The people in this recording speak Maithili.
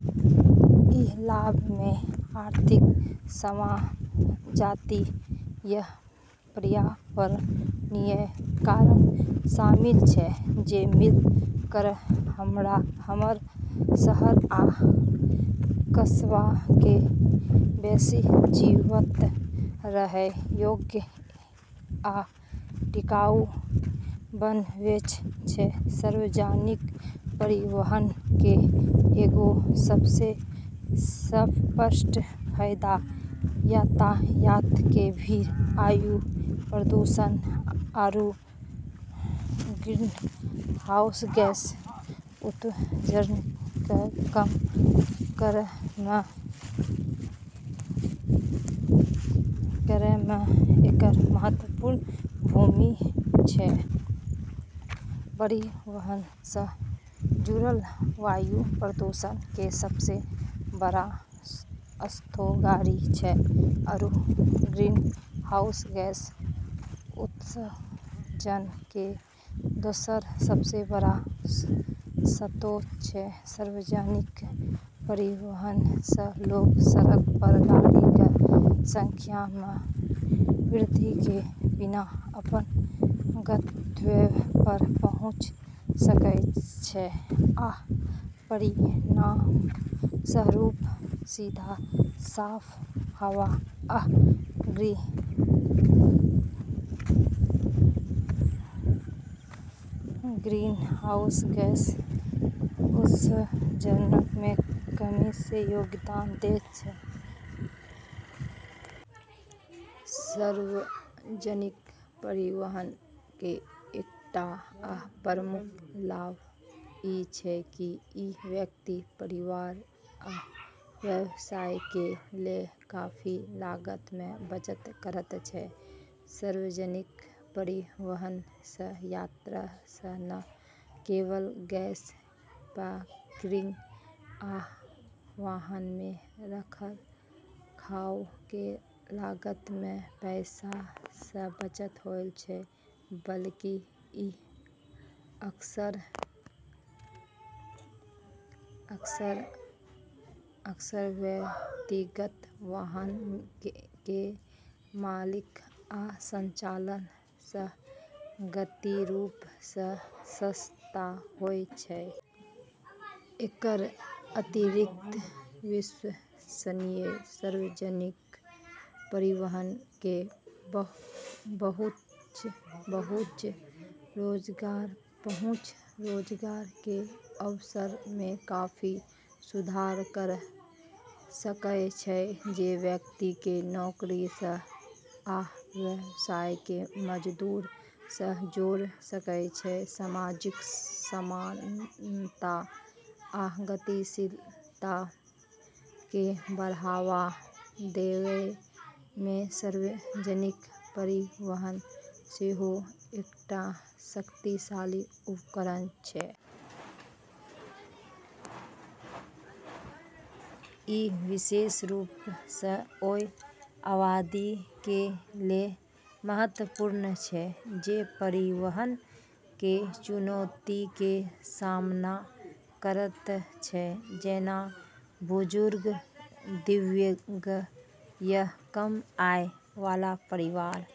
ई लाभ मे आर्थिक, सामाजिक आ पर्यावरणीय कारक शामिल छै जे मिल कऽ हमर शहर आ कस्बा के बेसि जीवंत, रहय योग्य आ टिकाऊ बनवैत छै। सार्वजनिक परिवहन के एगो सबसें स्पष्ट फायदा यातायात के भीड़, वायु प्रदूषण, आरू ग्रीनहाउस गैस उत्सर्जन क॑ कम करै म॑ एकर महत्वपूर्ण भूमिका छै। परिवहन सँ जुड़ल वायु प्रदूषण के सबसें बड़ऽ स्रोत गाड़ी छै आरू ग्रीनहाउस गैस उत्सर्जन के दोसरऽ सबसें बड़ऽ स्रोत छै। सार्वजनिक परिवहन सँ लोग सड़क पर गाड़ी के संख्या मे वृद्धि के बिना अपन गंतव्य पर पहुँच सकय छै आ परिणामस्वरूप, सीधा साफ हवा आ ग्रीनहाउस गैस उत्सर्जन मे कमी मे योगदान दै छै। सार्वजनिक परिवहन के एकटा आ प्रमुख लाभ ई छै की ई व्यक्ति, परिवार आ व्यवसाय के लेल काफी लागत मे बचत करैत छै। सार्वजनिक परिवहन सँ यात्रा सँ न केवल गैस, पार्किंग, आ वाहन के रखरखाव के लागत मे पैसा के बचत होयत छै, बल्कि ई अक्सर व्यक्तिगत वाहन के मालिक आ संचालन सँ घातीय रूप सँ सस्ता होयत छै। एकर अतिरिक्त, विश्वसनीय सार्वजनिक परिवहन के पहुँच रोजगार के अवसर मे काफी सुधार कऽ सकय छै, जे व्यक्ति के नौकरी सँ आ व्यवसाय के मजदूर सँ जोड़ सकय छै। सामाजिक समानता आ गतिशीलता के बढ़ावा देवय मे सार्वजनिक परिवहन सेहो एकटा शक्तिशाली उपकरण छै। ई विशेष रूप सँ ओय आबादी के लेल महत्वपूर्ण छै जे परिवहन के चुनौती के सामना करैत छै, जेना बुजुर्ग, दिव्यांग, या कम आय वाला परिवार।